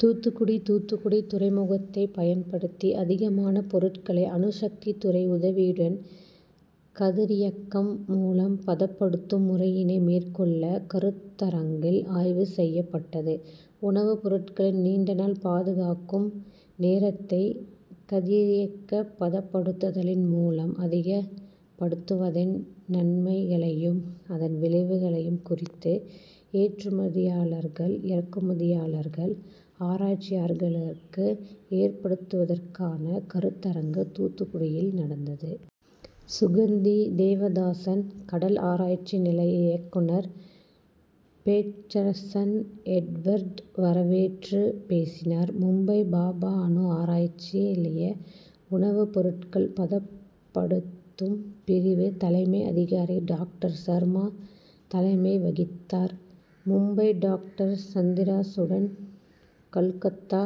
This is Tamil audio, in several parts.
தூத்துக்குடி தூத்துக்குடி துறைமுககத்தை பயன்படுத்தி அதிகமான பொருட்களை அணுசக்தி துறை உதவியுடன் கதிரியக்கம் மூலம் பதப்படுத்தும் முறையினை மேற்கொள்ள கருத்தரங்கில் ஆய்வு செய்யப்பட்டது. உணவுப் பொருட்களின் நீண்டநாள் பாதுகாக்கும் நேரத்தை கதிரியக்கப் பதப்படுத்துதலின் மூலம் அதிகப்படுத்துவதின் நன்மைகளையும், அதன் விளைவுகளையும் குறித்து ஏற்றுமதியாளர்கள், இறக்குமதியாளர்கள், ஆராய்ச்சியாளர்களுக்கு ஏற்படுத்துவதற்கான கருத்தரங்கு தூத்துக்குடியில் நடந்தது. சுகந்தி தேவதாசன் கடல் ஆராய்சி நிலைய இயக்குநர் பேட்டர்சன் எட்வர்டு வரவேற்றுப் பேசினார். மும்பை பாபா அணு ஆராய்ச்சி லய உணவு பொருட்கள் பத ப்படுத்தும் பிரிவு தலைமை அதிகாரி டாக்டர் சர்மா தலைமை வகித்தார். Mumbai doctor Chandrachudan, Calcutta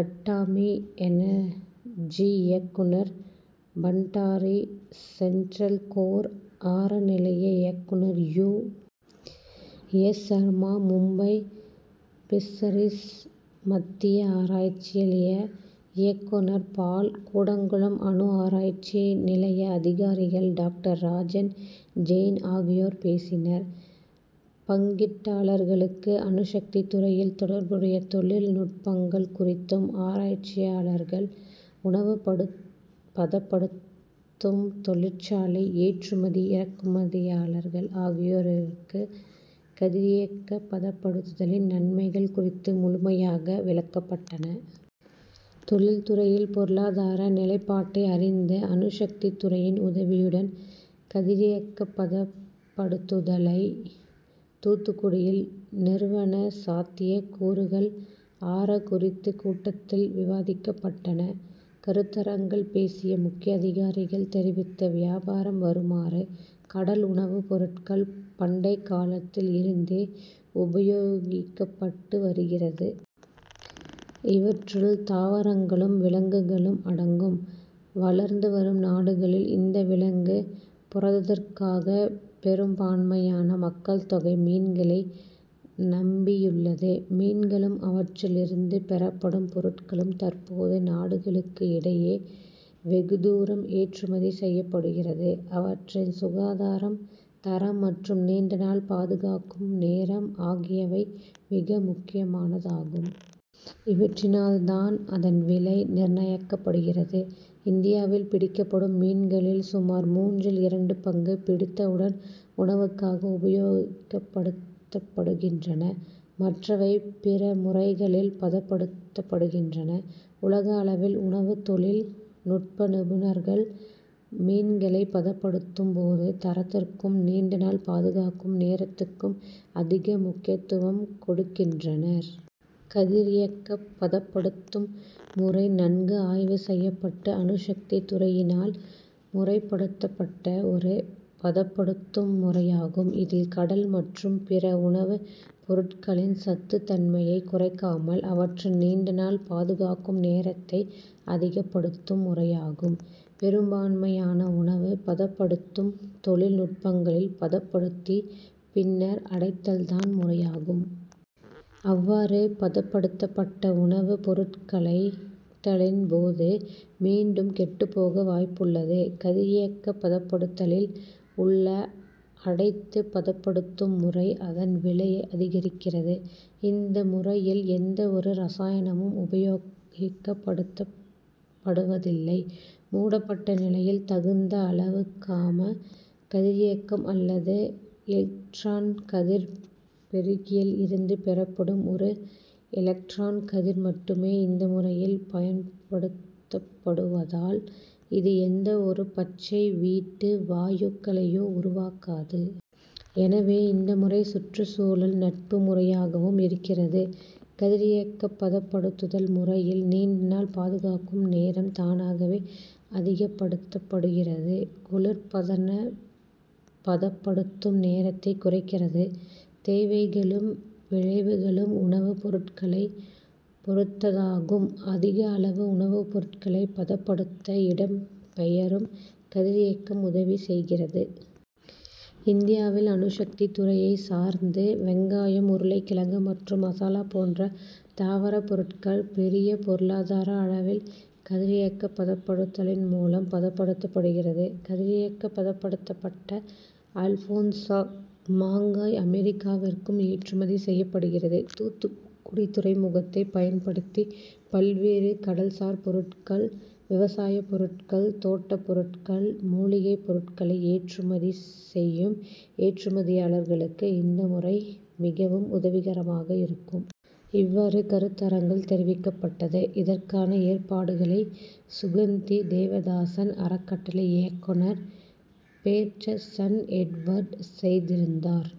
atomic energy இயக்குநர் பண்டாரி, சென்ட்ரல் கோர் ஆர நிலைய இயக்குநர் U. S. Sharma, Mumbai fisheries மத்திய ஆராய்சி லய இஈக்குநர் பால், கூடங்குளம் அணு ஆராய்ச்சி நிலைய அதிகாரிகள் டாக்டர் ராஜன், ஜெயின் ஆகியோர் பேசினர். பங்கீட்டாளர்களுக்கு அணுசக்தி துறையில் தொடர்புடையை தொழில் நுட்பங்கள் குறித்தும், ஆராய்ச்சியா ளர்கள், உணவுபதப்படுத்தும் தொழிற்சாலை ஏற்றுமதி, இறக்குதியாளர்கள் ஆ கியோருக்கு கதிரியக்க பதப்படுத்துதலின் நன்மைகள் குறித்து முழுமையாக விளக்கப்பட்டன. தொழில் துறையில் பொருளாதார நிலைப்பாட்டை அறிந்து, அணுசக்தி துறையின் உதவியுடன் கதிரியக்க பதப்படுத்துதல் றயை தூத்துக்குடியில் நிறுவன சாத்தியக் கூறுகள் ஆர குறித்து கூட்டத்தில் விவாதிக்கப்பட்டன. கருத்தரங்கில் பேசிய முக்கிய அதிகாரிகள் தெரிவித்த விபரம் வருமாறு; கடல் உணவு பொருட்கள் பண்டை காலத்தில் இருந்தே உபயோகிக்கப்பட்டு வருகிறது. இவற்றுள் தாவரங்களும், விலங்குகளும் அடங்கும். வளர்ந்துவரும் நாடுகளில் இந்த விலங்கு புரதத்திற்காக பெரும்பான்மையான மக்கள் தொகை மீன்களை நம்பியுள்ளது. மீன்களும் அவற்றில் இருந்து பெறப்படும் பொருட்களும் தற்போது நாடுகளுக்கு இடையே வெகுதூரம் ஏற்றுமதி செய்யப்படுகிறது. அவற்றின் சுகாதாரம், தரம் மற்றும் நீண்டநாள் பாதுகாக்கும் நேரம் ஆகியவை மிக முக்கியமானதாகும். இவற்றினால் தான் அதன் விலை நிர்ணயிக்கப்படுகிறது. இந்தியாவில் பிடிக்கப்படும் மீன்களில் சுமார் மூன்றில் இரண்டு பங்கு பிடித்தவுடன் உணவுக்காக உபயோகப்படுத்தப்படுகின்றன. மற்றவை பிற முறைகளால் பதப்படுத்தப்படுகின்றன. உலக அளவில் உணவு தொழில் நுட்ப நிபுணர்கள் மீன்களை பதப்படுத்தும் போது தரத்திற்கும் நீண்டநாள் பாதுகாக்கும் நேரத்திற்கும் அதிக முக்கியத்துவம் கொடுக்கின்றனர். கதிரியக்க பதப்படுத்தும் முறை நன்கு ஆய்வு செய்யப்பட்டு அணுசக்தி துறையினால் முறைப்படுத்தப்பட்ட ஒரு பதப்படுத்தும் முறையாகும். இது கடல் மற்றும் பிற உணவு பொருட்களின் சத்து தன்மையைக் குறைக்காமல் அவற்றின் நீண்டநாள் பாதுகாக்கும் நேரத்தை அதிகப்படுத்தும் முறையாகும். பெரும்பான்மையான உணவு பதப்படுத்தும் தொ ழில் நுட்பங்களில் பதப்படுத்தி பின்னர் அடைத்தல் தான் முறையாகும். அவ்வாறு பதப்படுத்தப்பட்ட உ ணவு பொருட்களை டத்தலின் போது மீண்டும் கெட்டுப்போக வாய்ப்புள் ளது. கதிரியக்க பதப்படுத்தலில் உள்ள அடைத்து பதப்படுத்தும் முறை அதன் விலையை அதிகரிக்கிறது. இந்த முறையில் எந்த ஒரு ரசாயனமும் உபயோகப்படுத்தப்படுவதில்லை. மூடப்பட்ட நிலையில் தகுந்த அள வு காமா கதிரியக்கம் அல்லது எலக்ட்ரான் கதிர் பெருக்கியில் இருந்து பெறப்படும் ஒரு எலக்ட்ரான் கதிர் மட்டுமே இந்த முறையில் பயன்படுத்தப்படுவதால், இது எந்த ஒரு பச்சை வீட்டு வா யுக்களையோ உருவாக்காது. எனவே இந்த முறை சுற்றுச்சூழல் நட்பு முறையாகவும் இருக்கிறது. கதிரியக்க பதப்படுத்துதல் முறையில் நீண்டநாள் பாதுகாக்கும் நேரம் தானாகவே அதிகப்படுத்தப்படுகிறது. குளிர்பதன பதப்படுத்தும் நேரத்தை குறைக்கிறது. தே வைகளும், விளைவுகளும் உணவு பொருட்களை பொ ருத்ததாகும். அதிக அளவு உணவு பொருட்களை பதப்படுத்த இடம் பெயரும் கதிரியக்கம் உதவி செய்கிறது. இந்தியாவில் அணுசக்தி துறையை சார்ந்து வெங்காயம், உருளைக்கிழங்கு மற்றும் மசாலா போன்ற தாவர பொருட்கள் பெரிய பொ ருளாதார அளவில் கதிரியக்க பதப்படுத்துதலின் மூலம் பதப்படுத்தப்படுகிறது. கதிரியக்கப் பதப்படுத்தப்பட்ட அல்போன்சா மாங்காய் அமெரிக்காவிற்கும் ஏற்றுமதி செய்யப்படுகிறது. தூத்துக்குடி துறைமுகத்தை பயன்படுத்தி பல்வே று கடல்சார் பொருட்கள், விவசாய பொருட்கள், தோ ட்டப் பொருட்கள், மூலிகைப் பொருட்களை ஏற்றுமதி செய்யும் ஏற்றுமதியாளர்களுக்கு இந்த முறை மிகவும் உதவிகரமாக இருக்கும். இவ்வாறு கருத்தரங்கில் தெரிவிக்கப்பட்டது. இதற்கான ஏற்பாடுகளை சுகந்தி தேவதாசன் அறக்கட்டளை இயக்குநர் பேட்டர்சன் எட்வர்டு செய்திருந்தார்.